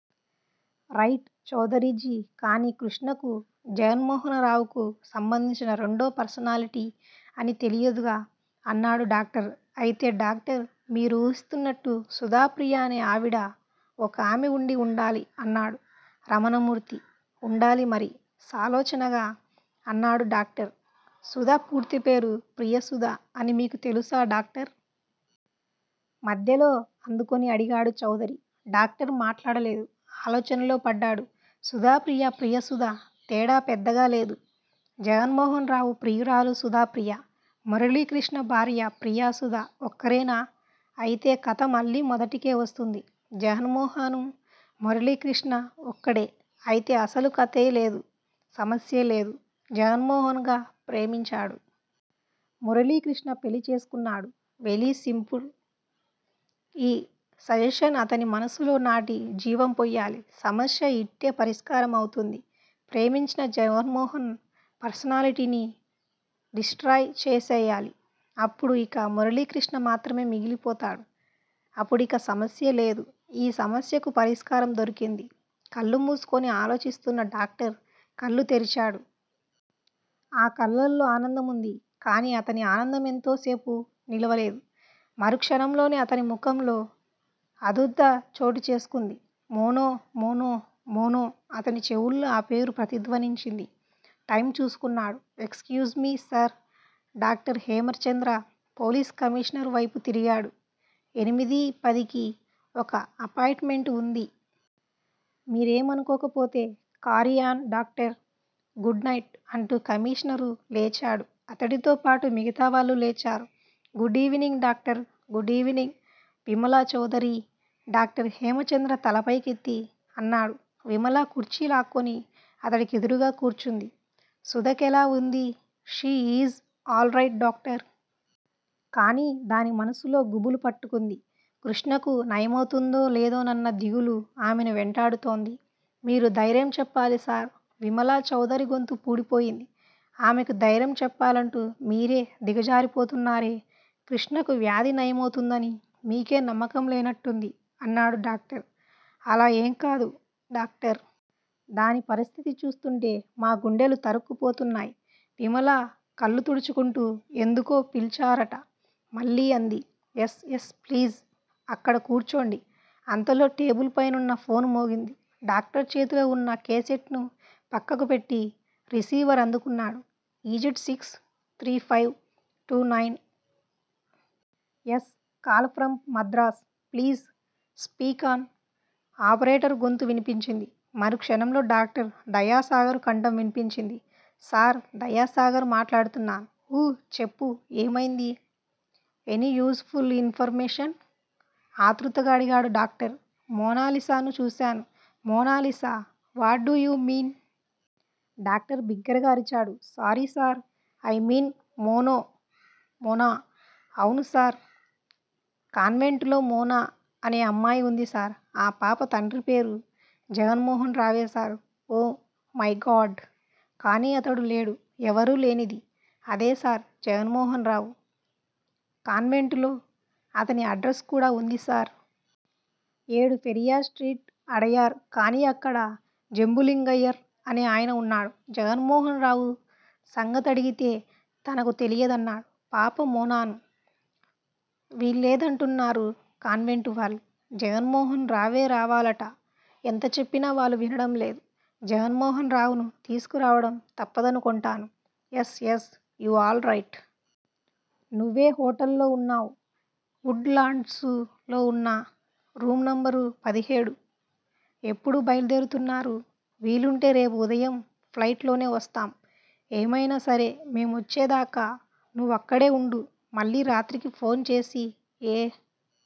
Right Chaudhary ji! కాని కృష్ణకు, జగన్మోహనరావుకు సంబంధించిన రెండో పర్సనాలిటీ అని తెలియదుగా? అన్నాడు డాక్టర్. అయితే డాక్టర్ మీరూహిస్తున్నట్టు సుధాప్రియ అనే ఆవిడ ఒకామె ఉండి వుండాలి అన్నాడు రమణమూర్తి. ఉండాలిమరి! సాలోచనగా అన్నాడు డాక్టర్. సుధ పూర్తిపేరు ప్రియసుధ అని మీకు తెలుసా డాక్టర్? మధ్యలో అందుకొని అడిగాడు చౌదరి. డాక్టర్ మాట్లాడలేదు, ఆలోచనలో పడ్డాడు. సుధాప్రియ ప్రియసుధ! తేడా పెద్దగాలేదు. జగన్మోహన్ రావు ప్రియురాలు సుధాప్రియా, మురళీకృష్ణ భార్య ప్రియసుధా ఒక్కరేనా? ఐతే కథ మళ్ళీ మొదటికే వస్తుంది. జగన్మోహనూ, మురళీకృష్ణా ఒక్కడే. ఐతే అసలు కథేలేదు. సమస్యేలేదు! జగన్మోహన్ గా ప్రేమించాడు. మురళీకృష్ణ పెళ్ళిచేసుకున్నాడు. వెలీసింపుల్! ఈ సజెషన్ అతని మనసులో నాటి జీవం పొయ్యాలి. సమస్య యిట్టే పరిష్కారమైపోతుంది. ప్రేమించిన జగన్మోహన్ పర్సనాలిటీని డిస్ట్రాయ్ చేసెయ్యాలి. అప్పుడు యిక మురళీకృష్ణ మాత్రమే మిగిలిపోతాడు. అపుడిక సమస్యేలేదు. ఈ సమస్యకు పరిష్కారం దొరికింది. కళ్ళుమూసుకొని ఆలోచిస్తున్న డాక్టర్ కళ్ళు తెరిచాడు. ఆ కళ్ళల్లో ఆనందముంది. కానీ అతని ఆనందమెంతోసేపు నిలవలేదు. మరుక్షణంలోనే అతని ముఖంలో ఆదుర్దా చోటుచేసుకొంది. మోనో! మోనో! మోనో! అతని చెవుల్లో ఆపేరు ప్రతిధ్వనించింది. టైమ్ చూసుకున్నాడు. Excuse me sir! Doctor Hemachandra police కమీషనరువైపు తిరిగాడు. ఎనిమిదీపదికి ఒక అపాయింటుమెంటు ఉంది. మీరేమనుకోకపోతే? Carry on doctor? Good night! అంటూ కమీషనరు లేచాడు. అతడితోపాటు మిగతావాళ్ళూ లేచారు. Good evening doctor! Good evening Vimala Chaudhary! Doctor Hemachandra తలపైకెత్తి అన్నాడు. విమల కుర్చీ లాక్కొని అతడికెదురుగా కూర్చుంది. సుధకెలా ఉంది? She is all right doctor! కానీ దాని మనసులో గుబులు పట్టుకొంది. కృష్ణకు నయమౌతుందో లేదోనన్న దిగులు ఆమెను వెంటాడుతోంది. మీరు ధైర్యం చెప్పాలి సార్! విమలాచౌదరి గొంతు పూడిపోయింది. ఆమెకు ధైర్యం చెప్పాలంటూ మీరే దిగజారిపోతున్నారే? కృష్ణకు వ్యాధి నయమౌతుందని మీకే నమ్మకం లేనట్టుంది అన్నాడు డాక్టర్. అలా ఏంకాదు డాక్టర్. దాని పరిస్థితి చూస్తూంటే మా గుండెలు తరుక్కుపోతున్నాయి. విమల కళ్ళుతుడుచుకుంటూ ఎందుకో పిల్చారట మళ్ళీ అంది. యస్. యస్. ప్లీజ్! అక్కడ కూర్చోండి. అంతలో టేబుల్ పైనున్న ఫోను మోగింది. డాక్టర్ చేతిలో ఉన్న కేసెట్ ను పక్కకు పెట్టి రిసీవర్ అందుకున్నాడు. Is it six three five two nine? Yes! Call from Madras! Please speak on! Operator గొంతు వినిపించింది. మరుక్షణంలో డాక్టర్ దయాసాగరు కంఠం విన్పించింది. సార్! దయాసాగర్ మాట్లాడుతున్నాను. ఊ చెప్పు! ఏమైంది! Any useful information? ఆతృతగా అడిగాడు డాక్టర్. మోనాలిసాను చూశాను! Mona Lisa? What do you mean? Doctor బిగ్గరగా అరిచాడు. Sorry sir! I mean Mono! Mona? అవును సార్! కాన్వెంటులో మోనా అనే అమ్మాయి వుంది సార్! ఆ పాప తండ్రిపేరు? జగన్మోహన్ రావే సార్! Oh my god! కానీ అతను లేడు. ఎవరూ లేనిది? అదేసార్! జగన్మోహన్ రావు. కాన్వెంటులో అతని అడ్రస్ కూడా ఉందిసార్! ఏడు పెరియార్ స్ట్రీట్, అడయార్. కానీ అక్కడ జంబులింగయ్యర్ అనే ఆయన ఉన్నాడు. జగన్మోహన్ రావు సంగతడిగితే తనకు తెలియదన్నాడు. పాప మోనాను! వీల్లేదంటున్నారు కాన్వెంటువాళ్ళు. జగన్మోహన్ రావే రావాలట. ఎంతచెప్పినా వాళ్ళు వినడంలేదు. జగన్మోహన్ రావును తీసుకురావడం తప్పదనుకొంటాను. Yes, yes. You all right! నువ్వే హోటల్లో ఉన్నావ్? ఉడ్ లాండ్సు లో ఉన్నా? Room number? పదిహేడు. ఎప్పుడు బయలుదేరుతున్నారు? వీలుంటే రేపు ఉదయం ఫ్లయిట్ లోనే వస్తాం. ఏమైనాసరే మేమొచ్చేదాకా నువ్వక్కడే ఉండు మళ్ళీ రాత్రికి ఫోన్ చేసి ఏ